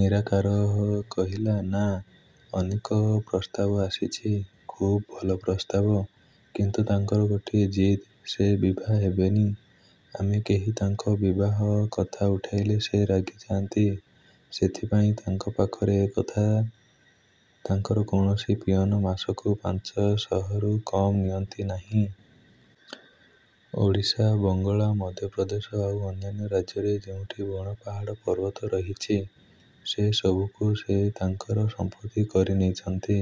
ନିରାକାର କହିଲା–ନା! ଅନେକ ପ୍ରସ୍ତାବ ଆସିଛି। ଖୁବ୍ ଭଲ ପ୍ରସ୍ତାବ; କିନ୍ତୁ ତାଙ୍କର ଗୋଟିଏ ଜିଦ୍ ସେ ବିଭା ହେବେନି। ଆମେ କେହି ତାଙ୍କ ବିବାହ କଥା ଉଠାଇଲେ, ସେ ରାଗି ଯାଆନ୍ତି। ସେଥିପାଇଁ ତାଙ୍କ ପାଖରେ ଏ କଥା। ତାଙ୍କର କୌଣସି ପିଅନ ମାସକୁ ପାଞ୍ଚଶହରୁ କମ୍ ନିଅନ୍ତି ନାହିଁ। ଓଡ଼ିଶା, ବଙ୍ଗଳା, ମଧ୍ୟପ୍ରଦେଶ ଆଉ ଅନ୍ୟାନ୍ୟ ରାଜ୍ୟରେ ଯେଉଁଠି ବଣ ପାହାଡ଼ ପର୍ବତ ରହିଛି, ସେ ସବୁକୁ ସେ ତାଙ୍କର ସମ୍ପତ୍ତି କରିନେଇଛନ୍ତି।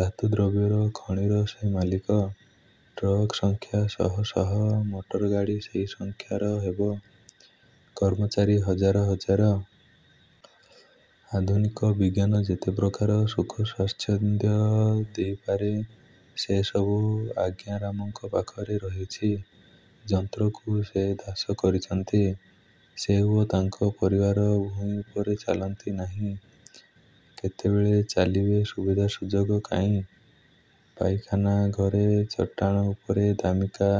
ଧାତୁ ଦ୍ରବ୍ୟର ଖଣିର ସେ ମାଲିକ। ଟ୍ରକ୍ ସଂଖ୍ୟା ଶହ ଶହ, ମଟରଗାଡ଼ି ସେହି ସଂଖ୍ୟାର ହେବ। କର୍ମଚାରୀ ହଜାର ହଜାର। ଆଧୁନିକ ବିଜ୍ଞାନ ଯେତେ ପ୍ରକାର ସୁଖସ୍ୱାଚ୍ଛନ୍ଦ୍ୟ ଦେଇପାରେ, ସେ ସବୁ ଆଜ୍ଞାରାମଙ୍କ ପାଖରେ ରହିଛି। ଯନ୍ତ୍ରକୁ ସେ ଦାସ କରିଛନ୍ତି। ସେ ଓ ତାଙ୍କ ପରିବାର ଭୂଇଁ ଉପରେ ଚାଲନ୍ତି ନାହିଁ-। କେତେବେଳେ ଚାଲିବେ-ସୁବିଧା ସୁଯୋଗ କାହିଁ? ପାଇଖାନା ଘରେ ଚଟାଣ ଉପରେ ଦାମିକା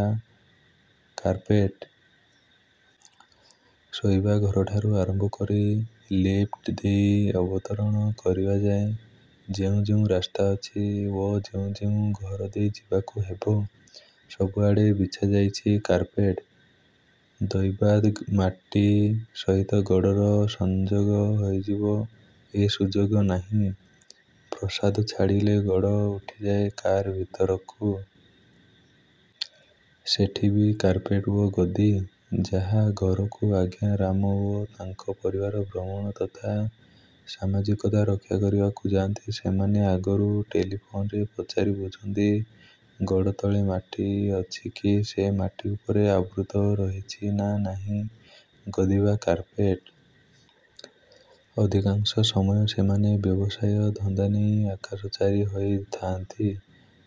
କାର୍ପେଟ। ଶୋଇବା ଘରଠାରୁ ଆରମ୍ଭ କରି ଲିଫ୍ଟ ଦେଇ ଅବତରଣ କରିବାପାଇଁ ଯେଉଁ ଯେଉଁ ରାସ୍ତା ଅଛି ଓ ଯେଉଁ ଯେଉଁ ଘର ଦେଇ ଯିବାକୁ ହେବ, ସବୁଆଡେ଼ ବିଛାଯାଇଛି କାର୍ପେଟ। ଦୈବାତ୍ ମାଟି ସହିତ ଗୋଡ଼ର ସଂଯୋଗ ହୋଇଯିବ, ଏ ସୁଯୋଗ ନାହିଁ। ପ୍ରାସାଦ ଛାଡ଼ିଲେ ଗୋଡ଼ ଉଠିଯାଏ କାର୍ ଭିତରକୁ। ସେଠି ବି କାର୍ପେଟ ଓ ଗଦି। ଯାହା ଘରକୁ ଆଜ୍ଞାରାମ ଓ ତାଙ୍କ ପରିବାର ଭ୍ରମଣ ତଥା ସମାଜିକତା ରକ୍ଷାକରିବାକୁ ଯାଆନ୍ତି, ସେମାନେ ଆଗରୁ ଟେଲିଫୋନରେ ପଚାରି ବୁଝନ୍ତି ଗୋଡ଼ ତଳେ ମାଟି ଅଛିକି-ସେ ମାଟି ଉପରେ ଆବୃତ ରହିଛି ନା ନାହିଁ ଗଦି ବା କାର୍ପେଟ୍। ଅଧିକାଂଶ ସମୟ ସେମାନେ ବ୍ୟବସାୟ ଧନ୍ଦାନେଇ ଆକାଶଚାରୀ ହୋଇ ଥାଆନ୍ତି।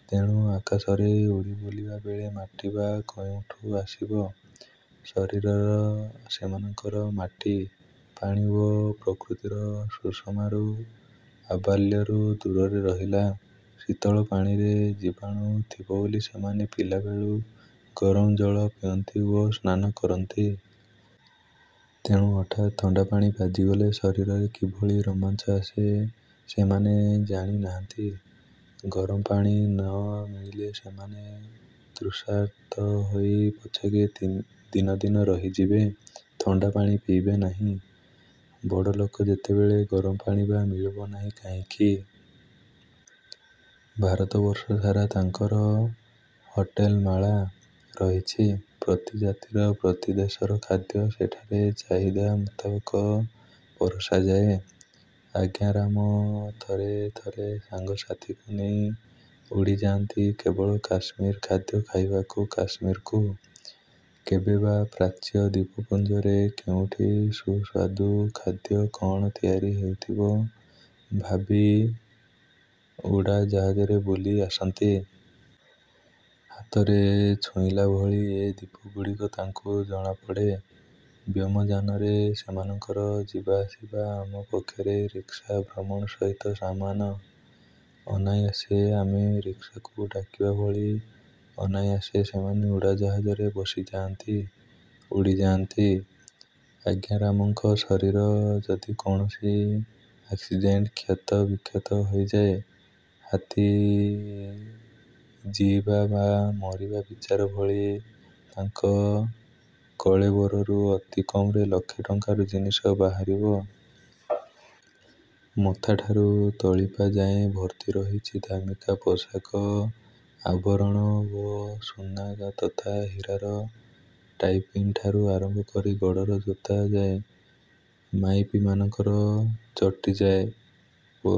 ତେଣୁ ଆକାଶରେ ଉଡ଼ିବୁଲିଲାବେଳେ ମାଟି ବା କେଉଁଠୁ ଆସିବ? ଶରୀର ସେମାନଙ୍କର ମାଟି, ପାଣି ଓ ପ୍ରକୃତିର ସୁଷମାରୁ ଆବାଲ୍ୟରୁ ଦୂରରେ ରହିଲା-। ଶୀତଳ ପାଣିରେ ଜୀବାଣୁ ଥିବବୋଲି ସେମାନେ ପିଲାବେଳୁ ଗରମ ଜଳ ପିଅନ୍ତି ଓ ସ୍ନାନ କରନ୍ତି-। ତେଣୁ ହଠାତ୍ ଥଣ୍ଡାପାଣି ବାଜିଗଲେ ଶରୀରରେ କିଭଳି ରୋମାଞ୍ଚ ଆସେ, ସେମାନେ ଜାଣି ନାହାଁନ୍ତି। ଗରମପାଣି ନ ମିଳିଲେ, ସେମାନେ ତୃଷାର୍ତ୍ତ ହୋଇ ପଛକେ ଦିନ ଦିନ ରହିଯିବେ, ଥଣ୍ଡା ପାଣି ପିଇବେ ନାହିଁ। ବଡ଼ଲୋକ ଯେତେବେଳେ, ଗରମ ପାଣି ବା ମିଳିବ ନାହିଁ କାହିଁକି? ଭାରତବର୍ଷ ସାରା ତାଙ୍କର ହୋଟେଲମାଳା ରହିଛି। ପ୍ରତି ଜାତିର, ପ୍ରତି ଦେଶର ଖାଦ୍ୟ ସେଠାରେ ଚାହିଦା ମୁତାବକ ପରଷାଯାଏ। ଆଜ୍ଞାରାମ ଥରେ ଥରେ ସାଙ୍ଗସାଥୀଙ୍କୁ ନେଇ ଉଡ଼ିଯାଆନ୍ତି କେବଳ କାଶ୍ମୀରୀ ଖାଦ୍ୟ ଖାଇବାକୁ କାଶ୍ମୀରକୁ। କେବେ ବା ପ୍ରାଚ୍ୟ ଦ୍ଵୀପପୁଞ୍ଜରେ କେଉଁଠି ସୁସ୍ୱାଦୁ ଖାଦ୍ୟ କଅଣ ତିଆରି ହେଉଥିବ ଭାବି ଉଡ଼ାଯାହାଜରେ ବୁଲିଆସନ୍ତି। ହାତରେ ଛୁଇଁଲା ଭଳି ଏ ଦ୍ଵୀପଗୁଡ଼ିକ ତାଙ୍କୁ ଜଣାପଡ଼େ। ବ୍ୟୋମଯାନରେ ସେମାନଙ୍କର ଯିବାଆସିବା ଆମ ପକ୍ଷରେ ରିକ୍ସା ଭ୍ରମଣ ସହିତ ସମାନ। ଅନାୟାସେ ଆମେ ରିକ୍ସାକୁ ଡାକିବା ଭଳି, ଅନାୟାସେ ସେମାନେ ଉଡ଼ାଜାହାଜରେ ବସିଯାଆନ୍ତି, ଉଡ଼ିଯାଆନ୍ତି। ଆଜ୍ଞାରାମଙ୍କ ଶରୀର ଯଦି କୌଣସି ଆକସିଡ଼େଣ୍ଟ୍ରେ କ୍ଷତବିକ୍ଷତ ହୋଇଯାଏ, ହାତୀ ଜୀଇବା ବା ମରିବା ବିଚାର ଭଳି ତାଙ୍କ କଳେବରରୁ ଅତି କମରେ ଲକ୍ଷେ ଟଙ୍କାର ଜିନିଷ ବାହାରିବ। ମଥାଠାରୁ ତଳିପାଯାଏ ଭର୍ତ୍ତି ରହିଛି ଦାମିକା ପୋଷାକ ଆଭରଣ ଓ ସୁନା ତଥା ହୀରାର ଟାଇପିନ୍ ଠାରୁ ଆରମ୍ଭ କରି ଗୋଡ଼ର ଜୋତା ଯାଏ। ମାଇପିମାନଙ୍କର ଚଟି ଓ